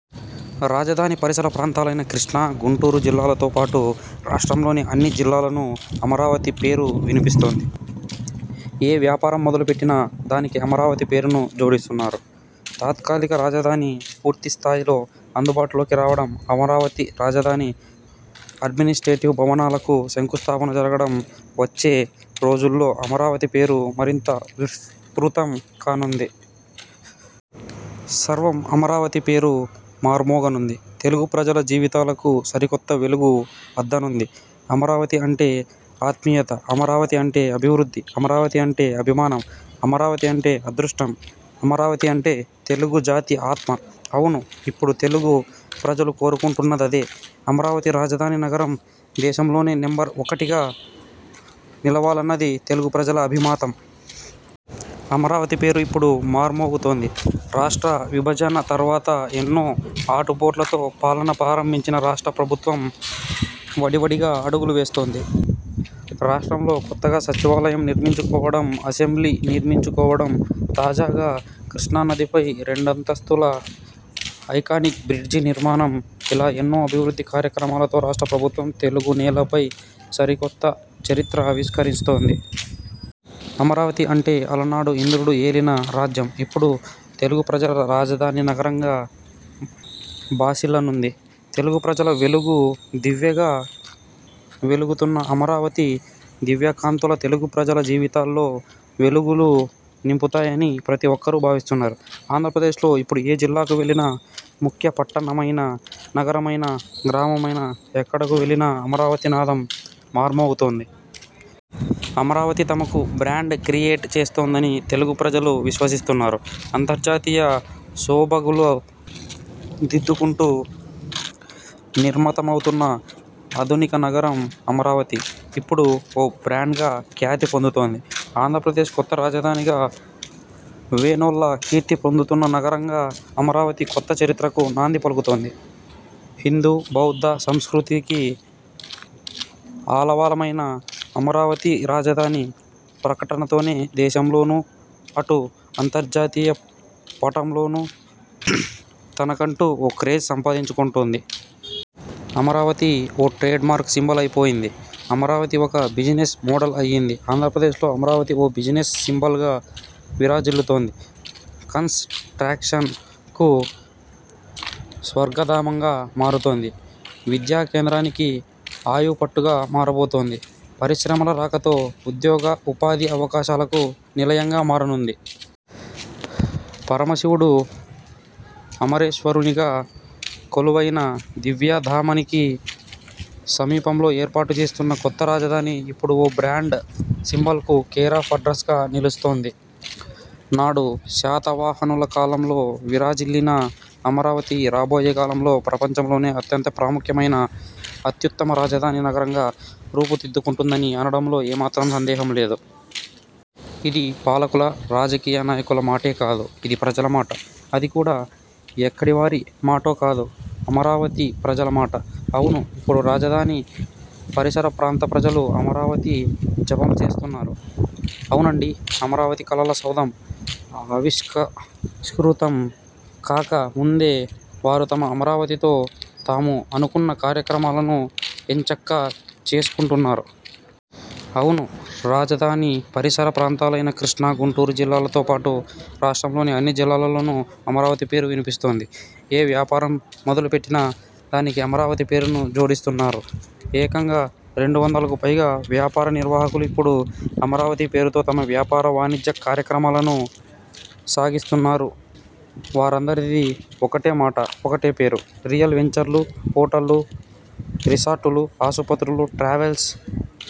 రాజధాని పరిసర ప్రాంతాలైన కృష్ణా, గుంటూరు జిల్లాలతో పాటు, రాష్ట్రంలోని అన్ని జిల్లాల్లోనూ అమరావతి పేరు వినిపిస్తోంది. ఏ వ్యాపారం మొదలుపెట్టినా దానికి అమరావతి పేరును జోడిస్తున్నారు. తాత్కాలిక రాజధాని పూర్తి స్థాయిలో అందుబాటులోకి రావడం, అమరావతి రాజధాని అడ్మినిస్ట్రేటివ్ భవనాలకు శంకుస్థాపన జరగడం వచ్చే రోజుల్లో అమరావతి పేరు మరింత విస్తృతం కానుంది. సర్వం అమరావతి పేరు మార్మోగనుంది. తెలుగు ప్రజల జీవితాలకు సరికొత్త వెలుగు అద్దనుంది. అమరావతి అంటే ఆత్మీయత, అమరావతి అంటే అభివృద్ధి, అమరావతి అంటే అభిమానం, అమరావతి అంటే అదృష్టం, అమరావతి అంటే తెలుగు జాతి ఆత్మ. అవును ఇప్పుడు తెలుగు ప్రజలు కోరుకుంటున్నదదే. అమరావతి రాజధాని నగరం దేశంలోనే నెంబర్ ఒకటిగా నిలవాలన్నది తెలుగు ప్రజల అభిమాతం. అమరావతి పేరు ఇప్పుడు మార్మోగుతోంది. రాష్ట్ర విభజన తర్వాత ఎన్నో ఆటుపోట్లతో పాలన ప్రారంభించిన రాష్ట్ర ప్రభుత్వం వడివడిగా అడగులు వేస్తోంది. రాష్ట్రంలో కొత్తగా సచివాలయం నిర్మించుకోవడం, అసెంబ్లీ నిర్మించుకోవడం తాజాగా కృష్ణానదిపై రెండంతస్తుల ఐకానిక్ బ్రిడ్జి నిర్మాణం ఇలా ఎన్నో అభివృద్ధి కార్యక్రమాలతో రాష్ట్ర ప్రభుత్వం తెలుగునేలపై సరికొత్త చరిత్ర ఆవిష్కరిస్తోంది. అమరావతి అంటే అలనాడు ఇంద్రుడు ఏలిన రాజ్యం. ఇప్పుడు తెలుగు ప్రజల రాజధానీ నగరంగా భాసిల్లనుంది. తెలుగు ప్రజల వెలుగు దివ్వెగా వెలుగుతున్న అమరావతి దివ్యకాంతుల తెలుగు ప్రజల జీవితాల్లో వెలుగులు నింపుతాయని ప్రతిఒక్కరూ భావిస్తున్నారు. ఆంధ్రప్రదేశ్లో ఇప్పుడు ఏ జిల్లాకు వెళ్లినా, ముఖ్యపట్టణమైనా, నగరమైనా, గ్రామమైనాఎక్కడకు వెళ్లినా అమరావతి నాదం మార్మోగుతోంది. అమరావతి తమకు బ్రాండ్ క్రియేట్ చేస్తోందని తెలుగు ప్రజలు విశ్వసిస్తున్నారు. అంతర్జాతీయ సొబగులు దిద్దుకుంటూ నిర్మితమవుతున్న ఆధునిక నగరం అమరావతి ఇప్పుడు ఓ బ్రాండ్గా ఖ్యాతి పొందుతోంది. ఆంధ్రప్రదేశ్ కొత్త రాజధానిగా వేనోళ్ల కీర్తి పొందుతున్న నగరంగా అమరావతి కొత్త చరిత్రకు నాంది పలుకుతోంది. హిందూ, బౌద్ధ సంస్కృతికి ఆలవాలమైన అమరావతి రాజధాని ప్రకటనతోనే దేశంలోనూ, అటు అంతర్జాతీయ పటంలోనూ తనకంటూ ఓ క్రేజ్ సంపాదించుకుంటోంది. అమరావతి ఓ ట్రేడ్ మార్క్ సింబలై పోయింది. అమరావతి ఒక బిజినెస్ మోడల్ అయింది. ఆంధ్రప్రదేశ్లో అమరావతి ఓ బిజినెస్ సింబల్గా విరాజిల్లుతోంది. కన్స్ ట్రాక్షన్ కు స్వర్గధామంగా మారుతోంది. విద్యా కేంద్రానికి ఆయువుపట్టుగా మారబోతోంది. పరిశ్రమల రాకతో ఉద్యోగ, ఉపాధి అవకాశాలకు నిలయంగా మారనుంది. పరమశివుడు అమరేశ్వరునిగా కొలువైన దివ్యధామానికి సమీపంలో ఏర్పాటు చేస్తున్న కొత్త రాజధాని ఇప్పుడు ఓ బ్రాండ్ సింబల్కు కేరాఫ్ అడ్రస్ గా నిలుస్తోంది. నాడు శాతవాహనుల కాలంలో విరాజిల్లిన అమరావతి రాబోయే కాలంలో ప్రపంచంలోనే అత్యంత ప్రాముఖ్యమైన, అత్యుత్తమ రాజధాని నగరంగా రూపుదిద్దుకుంటుందని అనడంలో ఏమాత్రం సందేహం లేదు. ఇది పాలకుల, రాజకీయ నాయకుల మాటే కాదు, ఇది ప్రజల మాట. అది కూడా ఎక్కడి వారి మాటో కాదు, అమరావతి ప్రజల మాట. అవును ఇప్పుడు రాజధాని పరిసర ప్రాంత ప్రజలు అమరావతి జపం చేస్తున్నారు. అవునండీ అమరావతి కలల సౌధం ఆవిష్క స్కృతం కాక ముందే వారు తమ అమరావతితో తాము అనుకున్న కార్యక్రమాలను ఎంచక్కా చేసుకుంటున్నారు. అవును రాజధాని పరిసర ప్రాంతాలైన కృష్ణా, గుంటూరు జిల్లాలతో పాటు, రాష్ట్రంలోని అన్ని జిల్లాల్లోనూ అమరావతి పేరు వినిపిస్తోంది. ఏ వ్యాపారం మొదలుపెట్టినా దానికి అమరావతి పేరును జోడిస్తున్నారు. ఏకంగా రెండు వందలకు పైగా వ్యాపార నిర్వాహకులు ఇప్పుడు అమరావతి పేరుతో తమ వ్యాపార వాణిజ్య కార్యక్రమాలను సాగిస్తున్నారు వారందరిదీ ఒకటే మాట, ఒకటే పేరు. రియల్ వెంచర్లు, హోటళ్లు, రిసార్టులు, ఆసుపత్రులు, ట్రావెల్స్,